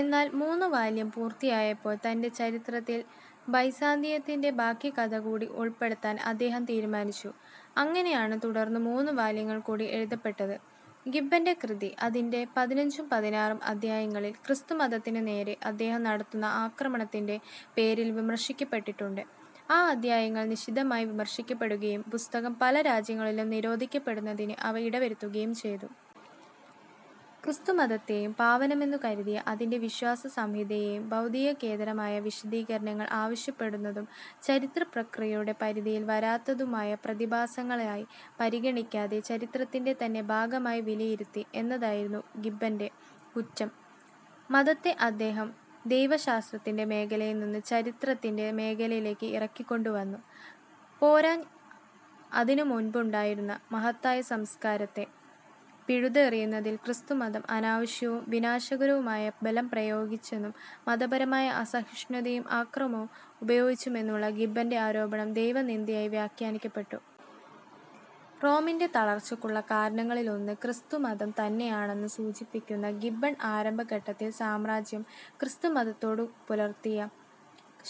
എന്നാൽ മൂന്നാം വാല്യം പൂർത്തിയായപ്പോൾ തന്റെ ചരിത്രത്തിൽ ബൈസാന്തിയത്തിന്റെ ബാക്കി കഥ കൂടി ഉൾപ്പെടുത്താൻ അദ്ദേഹം തീരുമാനിച്ചു. അങ്ങനെയാണ് തുടർന്ന് മൂന്നുവാല്യങ്ങൾ കൂടി എഴുതപ്പെട്ടത്. ഗിബ്ബന്റെ കൃതി, അതിന്റെ പതിനഞ്ചും പതിനാറും അദ്ധ്യായങ്ങളിൽ ക്രിസ്തുമതത്തിനുനേരേ അദ്ദേഹം നടത്തുന്ന ആക്രമണത്തിന്റെ പേരിൽ വിമർശിക്കപ്പെട്ടിട്ടുണ്ട്. ആ അദ്ധ്യായങ്ങൾ നിശിതമായി വിമർശിക്കപ്പെടുകയും പുസ്തകം പല രാജ്യങ്ങളിലും നിരോധിക്കപ്പെടുന്നതിന് അവ ഇടവരുത്തുകയും ചെയ്തു. ക്രിസ്തുമതത്തേയും പാവനമെന്നുകരുതിയ അതിന്റെ വിശ്വാസസംഹിതയേയും ഭൗതികേതരമായ വിശദീകരണങ്ങൾ ആവശ്യപ്പെടുന്നതും ചരിത്രപ്രക്രിയയുടെ പരിധിയിൽ വരാത്തതുമായ പ്രതിഭാസങ്ങളായി പരിഗണിക്കാതെ ചരിത്രത്തിന്റെ തന്നെ ഭാഗമായി വിലയിരുത്തി എന്നതായിരുന്നു ഗിബ്ബന്റെ 'കുറ്റം'. മതത്തെ അദ്ദേഹം ദൈവശാസ്ത്രത്തിന്റെ മേഖലയിൽ നിന്ന് ചരിത്രത്തിന്റെ മേഖലയിലേക്ക് ഇറക്കിക്കൊണ്ടുവന്നു. പോരാഞ്ഞ്, അതിനുമുൻപുണ്ടായിരുന്ന മഹത്തായ സംസ്കാരത്തെ പിഴുതെറിയുന്നതിൽ ക്രിസ്തുമതം അനാവശ്യവും വിനാശകരവുമായ ബലം പ്രയോഗിച്ചെന്നും മതപരമായ അസഹിഷ്ണുതയും അക്രമവും ഉപയോഗിച്ചെന്നുമുള്ള ഗിബ്ബന്റെ ആരോപണം ദൈവനിന്ദയായി വ്യാഖ്യാനിക്കപ്പെട്ടു. റോമിന്റെ തളർച്ചക്കുള്ള കാരണങ്ങളിലൊന്ന് ക്രിസ്തുമതം തന്നെയാണെന്ന് സൂചിപ്പിക്കുന്ന ഗിബ്ബൺ ആരംഭഘട്ടത്തിൽ സാമ്രാജ്യം ക്രിസ്തുമതത്തോടുപുലർത്തിയ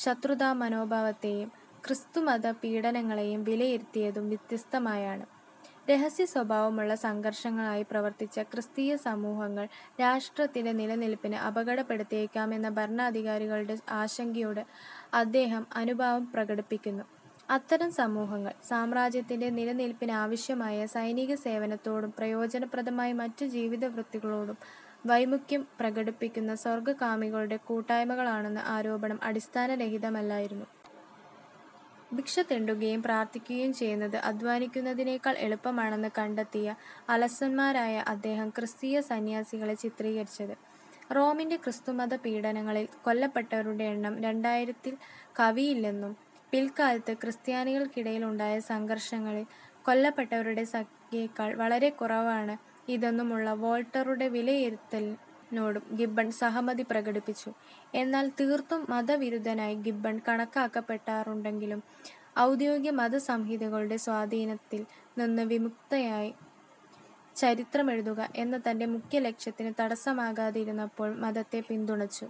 ശത്രുതാമനോഭാവത്തേയും ക്രിസ്തുമതപീഡനങ്ങളേയും വിലയിരുത്തിയതും വ്യത്യസ്തമായാണ്. രഹസ്യസ്വഭാവമുള്ള സംഘർഷങ്ങളായി പ്രവർത്തിച്ച ക്രിസ്തീയസമൂഹങ്ങൾ രാഷ്ട്രത്തിന്റെ നിലനില്പിനെ അപകടപ്പെടുത്തിയേക്കാമെന്ന ഭരണാധികാരികളുടെ ആശങ്കയോട് അദ്ദേഹം അനുഭാവം പ്രകടിപ്പിക്കുന്നു. അത്തരം സമൂഹങ്ങൾ, സാമ്രാജ്യത്തിന്റെ നിലനില്പിനാവശ്യമായ സൈനികസേവനത്തോടും പ്രയോജനപ്രദമായ മറ്റു ജീവിതവൃത്തികളോടും വൈമുഖ്യം പ്രകടിപ്പിക്കുന്ന സ്വർഗ്ഗകാമികളുടെ കുട്ടായ്മകളാണെന്ന ആരോപണം അടിസ്ഥാനരഹിതമല്ലായിരുന്നു. ഭിക്ഷതെണ്ടുകയും പ്രാർത്ഥിക്കുകയും ചെയ്യുന്നത് അദ്ധ്വാനിക്കുന്നതിനേക്കാൾ എളുപ്പമാണെന്ന് കണ്ടെത്തിയ അലസന്മാരായാണ് അദ്ദേഹം ക്രിസ്തീയ സംന്യാസികളെ ചിത്രീകരിച്ചത്. റോമിന്റെ ക്രിസ്തുമതപീഡനങ്ങളിൽ കൊല്ലപ്പെട്ടവരുടെ എണ്ണം രണ്ടായിരത്തിൽ കവിയില്ലെന്നും പിൽക്കാലത്ത് ക്രിസ്ത്യാനികൾക്കിടയിൽ ഉണ്ടായ സംഘർഷങ്ങളിൽ കൊല്ലപ്പെട്ടവരുടെ സംഖ്യയേക്കാൾ വളരെക്കുറവാണ് ഇതെന്നുമുള്ള വോൾട്ടയറുടെ വിലയിരുത്തലിനോടും ഗിബ്ബൺ സഹമതി പ്രകടിപ്പിച്ചു. എന്നാൽ തീർത്തും മതവിരുദ്ധനായി ഗിബ്ബൺ കണക്കാക്കപ്പെടാറുണ്ടെങ്കിലും ഔദ്യോഗിക മതസംഹിതകളുടെ സ്വാധീനത്തിൽ നിന്ന് വിമുക്തമായി ചരിത്രമെഴുതുക എന്ന തന്റെ മുഖ്യലക്ഷ്യത്തിന് തടസമാകാതിരുന്നപ്പോൾ മതത്തെ പിന്തുണച്ചു.